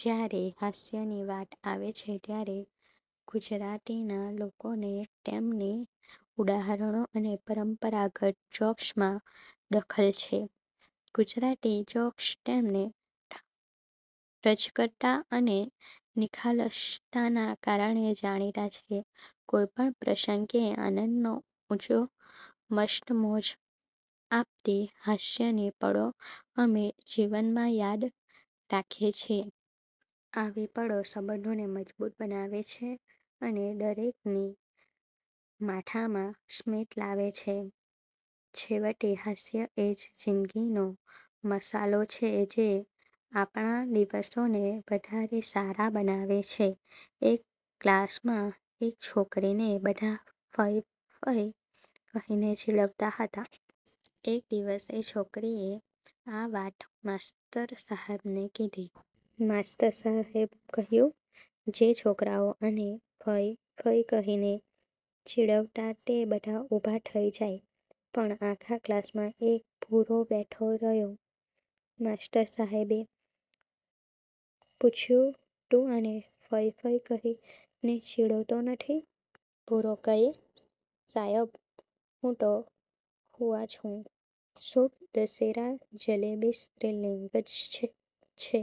જ્યારે હાસ્યની વાત આવે છે, ત્યારે ગુજરાતીના લોકોને તેમની ઉદાહરણો અને પરંપરાગત જોક્સમાં દખલ છે. ગુજરાતી જોક્સ તેમની રંજકતા અને નિખાલસતાના કારણે જાણીતા છે. કોઈપણ પ્રસંગ કે આનંદનો ઊંચો મસ્ત મોજ આપતી હાસ્યની પળો અમે જીવનમાં યાદ રાખીએ છીએ. આવી પળો સંબંધોને મજબૂત બનાવે છે અને દરેકની માથામાં સ્મિત લાવે છે. છેવટે, હાસ્ય એ જ જિંદગીનો મસાલો છે, જે આપણા દિવસોને વધારે સારા બનાવે છે. એક ક્લાસ માં એક છોકરી ને બધા "ફય" "ફય" કહી ને ચીડવતા હતા. એક દિવસ એ છોકરીએ આ વાત માસ્તર સાહેબ ને કિધી. માસ્તર સાહેબ કહ્યું: જે છોકરાઓ આને,"ફય" "ફય" કહી ને ચીડવતા તે બધા ઊભા થઈ જાય. પણ આખા ક્લાસમાં એક ભૂરો બેઠો રયો. માસ્તર સહેબે પૂછ્યું: તું આને "ફય" "ફય" કહી ને ચીડવતો નથી? ભૂરો કયે: સાયબ હું તો "ફુવા" છું. શુભ દશેરા જલેબી સ્ત્રીલિંગ જ છે..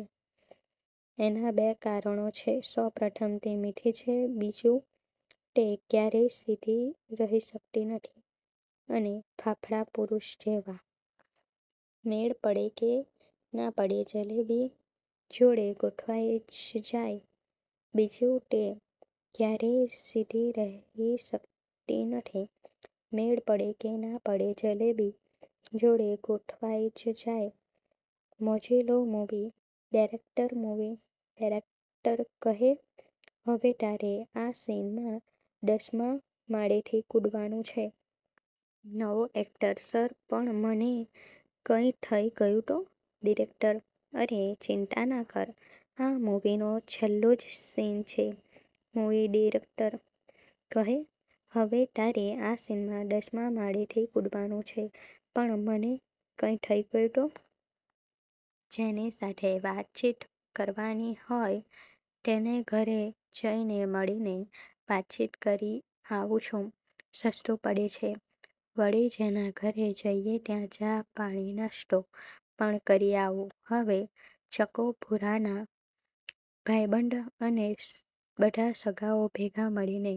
એના બે કારણો છે.. સૌ પ્રથમ તે મીઠી છે, બીજું, તે ક્યારેય સીધી રહી શકતી નથી.. અને ફાફડા પુરુષ જેવા? મેળ પડે કે ના પડે જલેબી જોડે ગોઠવાઈ જ જાય.. બીજું, તે ક્યારેય સીધી રહી શકતી નથી.. મેળ પડે કે ના પડે જલેબી જોડે ગોઠવાઈ જ જાય.. મોજીલો મુવી ડિરેકટર મુવી ડિરેકટર કહે: હવે તારે આ સીનમાં દસ માં માળેથી કૂદવાનું છે. નવો એકટર: સર, પણ મને કંઇ થઇ ગયું તો? ડિરેકટર: અરે ચિંતા ના કર, આ મુવીનો છેલ્લો જ સીન છે. મુવી ડિરેકટર કહે: હવે તારે આ સીનમાં દસ માં માળેથી કૂદવાનું છે. પણ મને કંઇ થઇ ગયું તો? જેની સાથે વાતચીત કરવાની હોય તેને ઘરે જઈ ને મળીને વાતચીત કરી આવું છું. સસ્તું પડે છે, વળી જેના ઘેર જઈએ ત્યાં ચા-પાણી-નાસ્તો પણ કરી આવું છું. હવે ચકો, ભૂરાના ભાઈબંધ અને બધા સગાઓ ભેગા મળીને